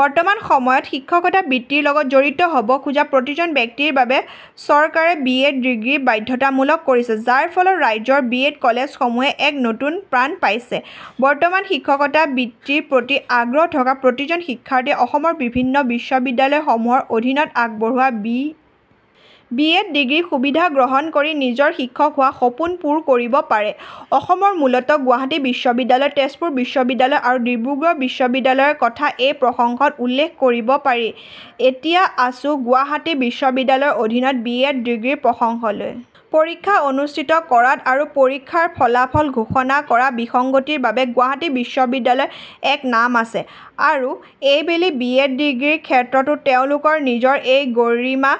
বৰ্তমান সময়ত শিক্ষকতা বৃত্তিৰ লগত জড়িত হব খোজা প্ৰতিজন ব্যক্তিৰ বাবে চৰকাৰে বি. এড. ডিগ্ৰী বাধ্যতামূলক কৰিছে, যাৰ ফলত ৰাজ্যৰ বি. এড. কলেজসমূহে এক নতুন প্ৰাণ পাইছে। বৰ্তমান শিক্ষকতা বৃত্তিৰ প্ৰতি আগ্ৰহ থকা প্ৰতিজন শিক্ষাৰ্থীয়ে অসমৰ বিভিন্ন বিশ্ববিদ্যালয়সমূহৰ অধীনত আগবঢ়োৱা বি. এড. ডিগ্ৰীৰ সুবিধা গ্ৰহণ কৰি নিজৰ শিক্ষক হোৱা সপোন পূৰ কৰিব পাৰে। অসমৰ মূলতঃ গুৱাহাটী বিশ্ববিদ্যালয়, তেজপুৰ বিশ্ববিদ্যালয় আৰু ডিব্ৰুগড় বিশ্ববিদ্যালয়ৰ কথা এই প্ৰসংগত উল্লেখ কৰিব পাৰি। এতিয়া আহিছো গুৱাহাটী বিশ্ববিদ্যালয়ৰ অধীনৰ বি. এড. ডিগ্ৰীৰ প্ৰসংগলৈ। পৰীক্ষা অনুষ্ঠিত কৰাত আৰু পৰীক্ষাৰ ফলাফল ঘোষণাত কৰা বিসংগতিৰ বাবে গুৱাহাটী বিশ্ববিদ্যালয়ৰ এক নাম আছে আৰু এইবেলি বি. এড. ডিগ্ৰীৰ ক্ষেত্ৰতো তেওঁলোকে নিজৰ এই গৰিমা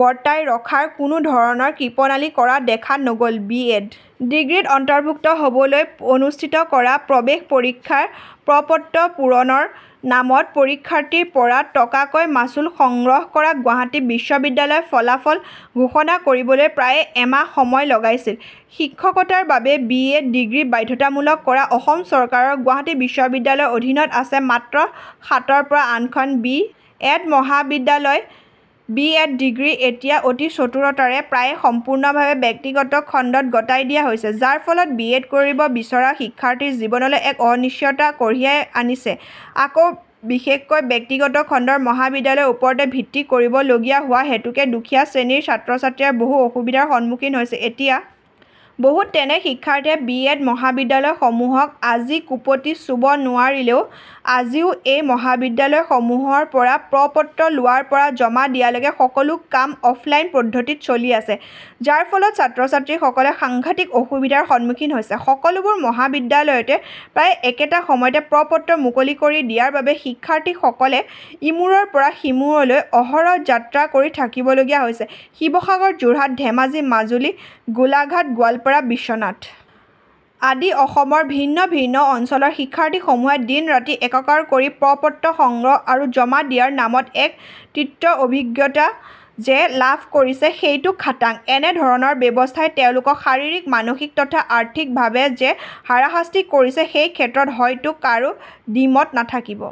বৰ্তাই ৰখাত কোনো ধৰণৰ কৃপণালি কৰা দেখা নগ'ল। বি.এড. ডিগ্ৰীত অন্তৰ্ভুক্ত হবলৈ অনুষ্ঠিত কৰা প্ৰৱেশ পৰীক্ষাৰ প্ৰপত্ৰ পূৰণৰ নামত পৰীক্ষাৰ্থীৰ পৰা টকাকৈ মাচুল সংগ্ৰহ কৰা গুৱাহাটী বিশ্ববিদ্যালয়ে ফলাফল ঘোষণা কৰিবলৈ প্ৰায় এমাহ সময় লগাইছিল। শিক্ষকতাৰ বাবে বি. এড. ডিগ্ৰী বাধ্যতামূলক কৰা অসম চৰকাৰৰ গুৱাহাটী বিশ্ববিদ্যালয়ৰ অধীনত আছে মাত্ৰ সাতৰ পৰা আঠখন বি. এড. মহাবিদ্যালয়। বি. এড. ডিগ্ৰী এতিয়া অতি চতুৰতাৰে প্ৰায় সম্পূৰ্ণভাৱে ব্যক্তিগত খণ্ডক গতাই দিয়া হৈছে। যাৰ ফলত বি. এড. কৰিব বিচৰা শিক্ষাৰ্থীৰ জীৱনলৈ এক অনিশ্চয়তা কঢ়িয়াই আনিছে, আকৌ বিশেষকৈ ব্যক্তিগত খণ্ডৰ মহাবিদ্যালয়ৰ ওপৰতে ভিত্তি কৰিবলগীয়া হোৱা হেতুকে দুখীয়া শ্ৰেণীৰ ছাত্ৰছাত্ৰীয়ে বহু অসুবিধাৰ সন্মুখীন হৈছে। এতিয়া বহুত তেনে শিক্ষাৰ্থীয়ে বি. এড. মহাবিদ্যালয়সমূহক আজিকোপতি চুব নোৱাৰিলে। আজিও এই মহাবিদ্যালয়সমূহৰ প্ৰপত্ৰ লোৱাৰ পৰা জমা দিয়ালৈ সকলো কাম অফলাইন পদ্ধতিত চলি আছে। যাৰ ফলত ছাত্ৰছাত্ৰীসকলে সাংঘাটিক অসুবিধাৰ সন্মুখীন হৈছে। সকলোবোৰ মহাবিদ্যালয়তে প্ৰায় একেটা সময়তে প্ৰপত্ৰ মুকলি কৰি দিয়াৰ বাবে শিক্ষাৰ্থীসকলে ইমূৰৰ পৰা সিমূৰলৈ অহৰহ যাত্ৰা কৰি থাকিবলগীয়া হৈছে। শিৱসাগৰ, যোৰহাট, ধেমাজি, মাজুলী, গোলাঘাটগোৱালপাৰা, বিশ্বনাথ আদি অসমৰ ভিন ভিন অঞ্চলৰ শিক্ষাৰ্থীসমূহে দিন ৰাতি একাকাৰ কৰি প্ৰপত্ৰ সংগ্ৰহ আৰু জমা দিয়াৰ নামত এক তিক্ত অভিজ্ঞতা যে লাভ কৰিছে সেইটো খাটাং। এনে ধৰণৰ ব্যৱস্হাই তেওঁলোকক শাৰিৰীক, মানসিক তথা আৰ্থিকভাৱে যে হাৰাশাস্তি কৰিছে সেই কথাত হয়তো কাৰো দ্বিমত নাথাকিব।